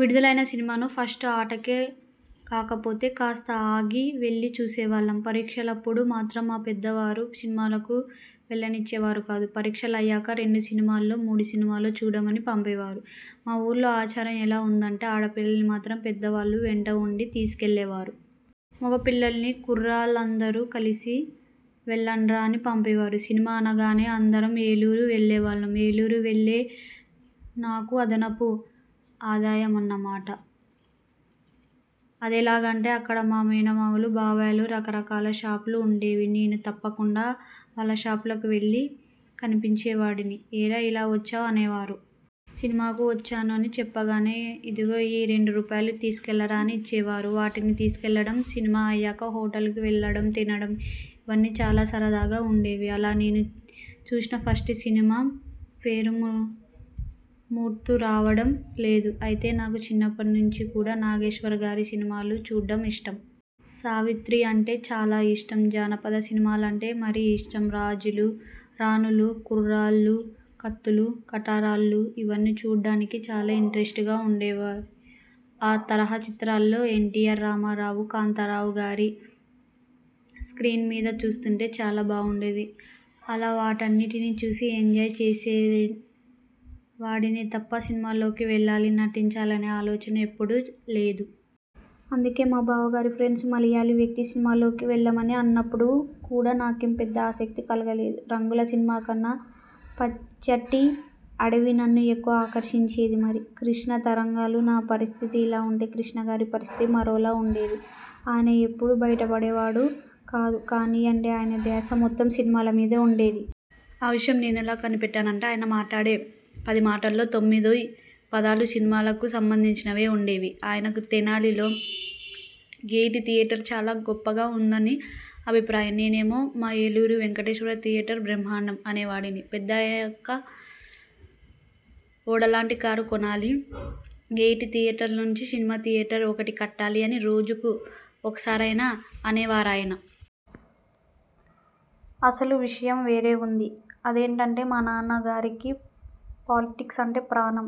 విడుదలైన సినిమాను ఫస్ట్ ఆటకే కాకపోయినా, కాస్త ఆగి వెళ్లి చూసేవాళ్లం. పరీక్షలప్పుడు మాత్రం మా పెద్దవారు సినిమాలకు వెళ్లనిచ్చేవారు కాదు.. పరీక్షలు అయ్యాక రెండు సినిమాలో, మూడు సినిమాలో చూడమని పంపేవారు. మా ఊర్లో ఆచారం ఎలా ఉండేదంటే, ఆడపిల్లల్ని మాత్రం పెద్దవాళ్లు వెంట ఉండి తీసుకెళ్లేవారు. మగపిల్లన్ని 'కుర్రాళ్లందరూ కలిసి వెళ్లండ్రా' అని పంపేవారు. సినిమా అనగానే అందరం ఏలూరు వెళ్లేవాళ్లం. ఏలూరు వెళ్తే నాకు అదనపు ఆదాయమన్నమాట. అదెలాగంటే అక్కడ మా మేనమామలు, బాబాయిలకు రకరకాల షాపులు ఉండేవి. నేను తప్పకుండా వాళ్ళషాపులకు వెళ్లి కనిపించేవాడిని. 'ఏరా ఇలా వచ్చావ్' అనేవారు. 'సినిమాకు వచ్చాను' అని చెప్పగానే, 'ఇదిగో ఈ రెండు రూపాయలు తీసుకెళ్లరా' అని ఇచ్చేవారు. వాటిని తీసుకెళ్లడం, సినిమా అయ్యాక హోటళ్లకు వెళ్లడం, తినడం.. ఇవన్నీ చాలా సరదాగా ఉండేవి. అలా నేను చూసిన ఫస్ట్ సినిమా పేరుము ముర్తు రావడం లేదు. అయితే నాకు చిన్నప్పటి నుంచి కూడా నాగేశ్వరరావుగారి సినిమాలు చూడ్డం ఇష్టం. సావిత్రి అంటే చాలా ఇష్టం. జానపద సినిమాలంటే మరీ ఇష్టం. రాజులు, రాణులు, కుర్రాలు, కత్తులు, కటార్లు.. ఇవన్నీ చూడ్డానికి చాలా ఇంట్రస్టింగ్గా ఉండేవి. ఆ తరహాచిత్రాల్లో ఎన్టీ రామారావుగారు, కాంతారావుగారిని స్ర్కీన్మీద చూస్తుంటే చాలా బావుండేది. అలా వాటన్నిటినీ చూసి ఎంజాయ్ చేసేవాడినేతప్ప, సినిమాల్లోకి వెళ్లాలి, నటించాలి అనే ఆలోచన ఎప్పుడూ లేదు. అందుకే మా బావగారి ఫ్రెండ్ మలయాళీ వ్యక్తి సినిమాల్లోకి వెళ్లమని అన్నప్పుడు కూడా నాకేం పెద్దగా ఆసక్తి కలగలేదు. రంగుల సినిమాకన్నా పచ్చటి అడవి నన్ను ఎక్కువగా ఆకర్షించేది మరి. కృష్ణ అంతరంగాలు..! నా పరిస్థితి ఇలా ఉంటే, కృష్ణగారి పరిస్థితి మరోలా ఉండేది. ఆయన ఎప్పుడూ బయటపడేవాడు కాదు కానివ్వండిఆయన ధ్యాస మొత్తం సినిమాలమీదే ఉండేది. ఆ విషయం నేనెలా కనిపెట్టానంటే ఆయన మాట్లాడే పదిమాటల్లో తొమ్మిదిపదాలు సినిమాలకు సంబంధించినవే ఉండేవి. ఆయనకు తెనాలిలో గెయిటీ థియేటర్ చాలా గొప్పగా ఉంటుందని అభిప్రాయం. నేనేమో 'మా ఏలూరులో వెంకటేశ్వర థియేటర్ బ్రహ్మాండం' అనేవాడిని. 'పెద్దయ్యాక ఓడలాంటి కారు కొనాలి, గెయిటీ థియేటర్లాంటి సినిమా థియేటర్ ఒకటి కట్టాలి' అని రోజుకు ఒక్కసారైనా అనేవారు ఆయన. అసలు విషయం వేరే ఉంది. అదేంటంటే, మా నాన్నగారికి పాలిటిక్స్ అంటే ప్రాణం.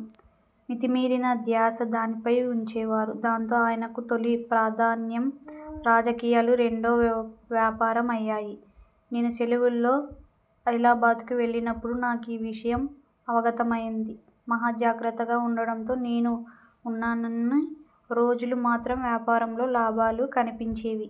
మితిమీరిన ధ్యాస దానిపైనే ఉంచేవారు. దాంతో ఆయనకు తొలి ప్రాధాన్యం రాజకీయాలు. రెండోది వ్యాపారం అయ్యాయి. నేను సెలవుల్లో ఆదిలాబాద్కు వెళ్లినప్పుడు నాకు ఈ విషయం అవగతమైంది. మహాజాగ్రత్తగా ఉండటంతో నేను ఉన్నన్ని రోజులూ మాత్రం వ్యాపారంలో లాభాలు కనిపించేవి.